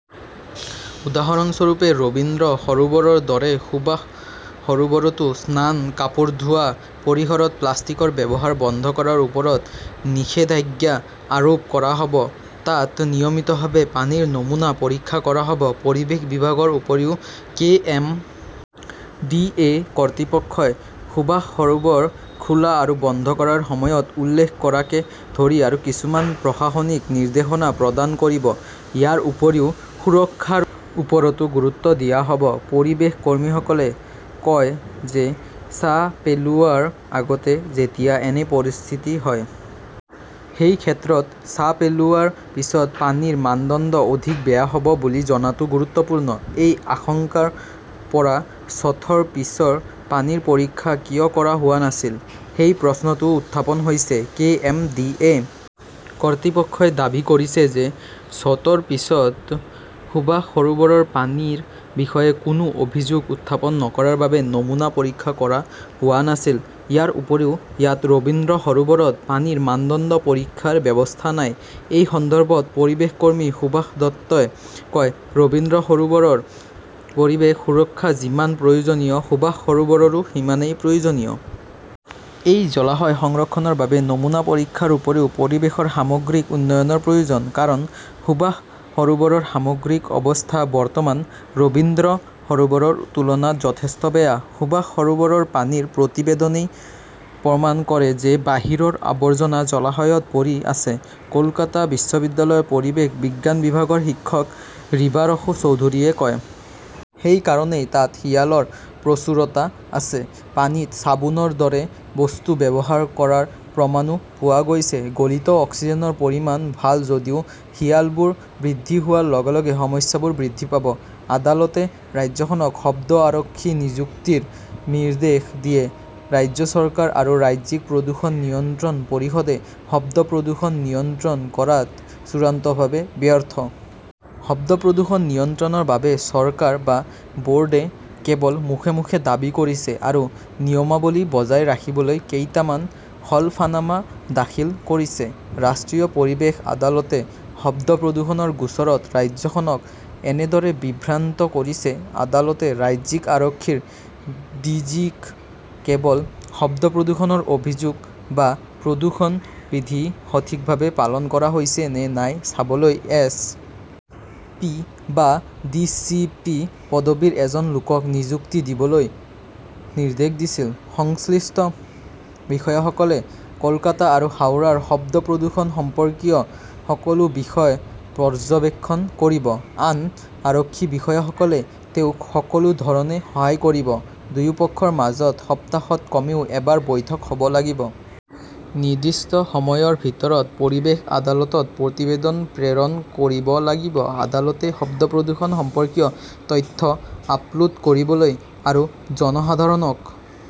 উদাহৰণস্বৰূপে, ৰবীন্দ্ৰ সৰোবৰৰ দৰে সুভাষ সৰোবৰতো স্নান, কাপোৰ ধোৱা, পৰিসৰত প্লাষ্টিকৰ ব্যৱহাৰ বন্ধ কৰাৰ ওপৰত নিষেধাজ্ঞা আৰোপ কৰা হ 'ব। তাত নিয়মিতভাৱে পানীৰ নমুনা পৰীক্ষা কৰা হ "ব। পৰিৱেশ বিভাগৰ উপৰিও, কে. এম. ডি. এ. কৰ্তৃপক্ষই সুভাষ সৰোবৰ খোলা আৰু বন্ধ কৰাৰ সময়ত উল্লেখ কৰাকে ধৰি আৰু কিছুমান প্ৰশাসনিক নিৰ্দেশনা প্ৰদান কৰিব। ইয়াৰ উপৰিও সুৰক্ষাৰ ওপৰতো গুৰুত্ব দিয়া হ "ব। পৰিৱেশ কৰ্মীসকলে কয় যে ছাঁ পেলোৱাৰ আগতে যেতিয়া এনে পৰিস্থিতি হয়। সেই ক্ষেত্ৰত ছাঁ পেলোৱাৰ পিছত পানীৰ মানদণ্ড অধিক বেয়া হ "ব বুলি জনাটো গুৰুত্বপূৰ্ণ। এই আশংকাৰ পৰা ছথৰ পিছৰ পানীৰ পৰীক্ষা কিয় কৰা হোৱা নাছিল? সেই প্ৰশ্নটোও উত্থাপন হৈছে। কে. এম. ডি. এ. কৰ্তৃপক্ষই দাবী কৰিছে যে শ্বটৰ পিছত সুভাষ সৰোবৰৰ পানীৰ বিষয়ে কোনো অভিযোগ উত্থাপন নকৰাৰ বাবে নমুনা পৰীক্ষা কৰা হোৱা নাছিল। ইয়াৰ উপৰিও ইয়াত ৰবীন্দ্ৰ সৰোবৰত পানীৰ মানদণ্ড পৰীক্ষাৰ ব্যৱস্থা নাই। এই সন্দৰ্ভত পৰিৱেশ কৰ্মী সুভাষ দত্তই কয়, "ৰবীন্দ্ৰ সৰোবৰৰ পৰিৱেশ সুৰক্ষা যিমান প্ৰয়োজনীয়, সুভাষ সৰোবৰৰো সিমানেই প্ৰয়োজনীয়। এই জলাশয় সংৰক্ষণৰ বাবে নমুনা পৰীক্ষাৰ উপৰিও পৰিৱেশৰ সামগ্ৰিক উন্নয়নৰ প্ৰয়োজন। কাৰণ, সুভাষ সৰোবৰৰ সামগ্ৰিক অৱস্থা বৰ্তমান ৰবীন্দ্ৰ সৰোবৰৰ তুলনাত যথেষ্ট বেয়া। "সুভাষ সৰোবৰৰ পানীৰ প্ৰতিবেদনই প্ৰমাণ কৰে যে বাহিৰৰ আৱৰ্জনা জলাশয়ত পৰি আছে", কলকাতা বিশ্ববিদ্যালয়ৰ পৰিৱেশ বিজ্ঞান বিভাগৰ শিক্ষক ৰিবাৰসু চৌধুৰীয়ে কয়। সেই কাৰণেই তাত শিয়ালৰ প্ৰচুৰতা আছে। পানীত চাবোনৰ দৰে বস্তু ব্যৱহাৰ কৰাৰ প্ৰমাণও পোৱা গৈছে। গলিত অক্সিজেনৰ পৰিমাণ ভাল যদিও শিয়ালবোৰ বৃদ্ধি হোৱাৰ লগে লগে সমস্যাবোৰ বৃদ্ধি পাব। "। আদালতে ৰাজ্যখনক শব্দ-আৰক্ষী নিযুক্তিৰ নিৰ্দেশ দিয়ে ৰাজ্য চৰকাৰ আৰু ৰাজ্যিক প্ৰদূষণ নিয়ন্ত্ৰণ পৰিষদে শব্দ প্ৰদূষণ নিয়ন্ত্ৰণ কৰাত 'চূড়ান্তভাৱে ব্যৰ্থ'। শব্দ প্ৰদূষণ নিয়ন্ত্ৰণৰ বাবে চৰকাৰ বা বোৰ্ডে কেৱল মুখে মুখে দাবী কৰিছে আৰু নিয়মাৱলী বজাই ৰাখিবলৈ কেইটামান হলফনামা দাখিল কৰিছে। ৰাষ্ট্ৰীয় পৰিৱেশ আদালতে শব্দ প্ৰদূষণৰ গোচৰত ৰাজ্যখনক এনেদৰে বিভ্ৰান্ত কৰিছে। আদালতে ৰাজ্যিক আৰক্ষীৰ ডিজি-ক কেৱল শব্দ প্ৰদূষণৰ অভিযোগ বা প্ৰদূষণ বিধি সঠিকভাৱে পালন কৰা হৈছে নে নাই চাবলৈ এছ. পি. বা ডি. চি. পি. পদবীৰ এজন লোকক নিযুক্তি দিবলৈ নিৰ্দেশ দিছিল। সংশ্লিষ্ট বিষয়াসকলে কলকাতা আৰু হাওড়াৰ শব্দ প্ৰদূষণ সম্পৰ্কীয় সকলো বিষয় পৰ্যবেক্ষণ কৰিব। আন আৰক্ষী বিষয়াসকলে তেওঁক সকলো ধৰণে সহায় কৰিব। দুয়োপক্ষৰ মাজত সপ্তাহত কমেও এবাৰ বৈঠক হ "ব লাগিব। নিৰ্দিষ্ট সময়ৰ ভিতৰত পৰিৱেশ আদালতত প্ৰতিবেদন প্ৰেৰণ কৰিব লাগিব। আদালতে শব্দ প্ৰদূষণ সম্পৰ্কীয় তথ্য আপলোড কৰিবলৈ আৰু জনসাধাৰণক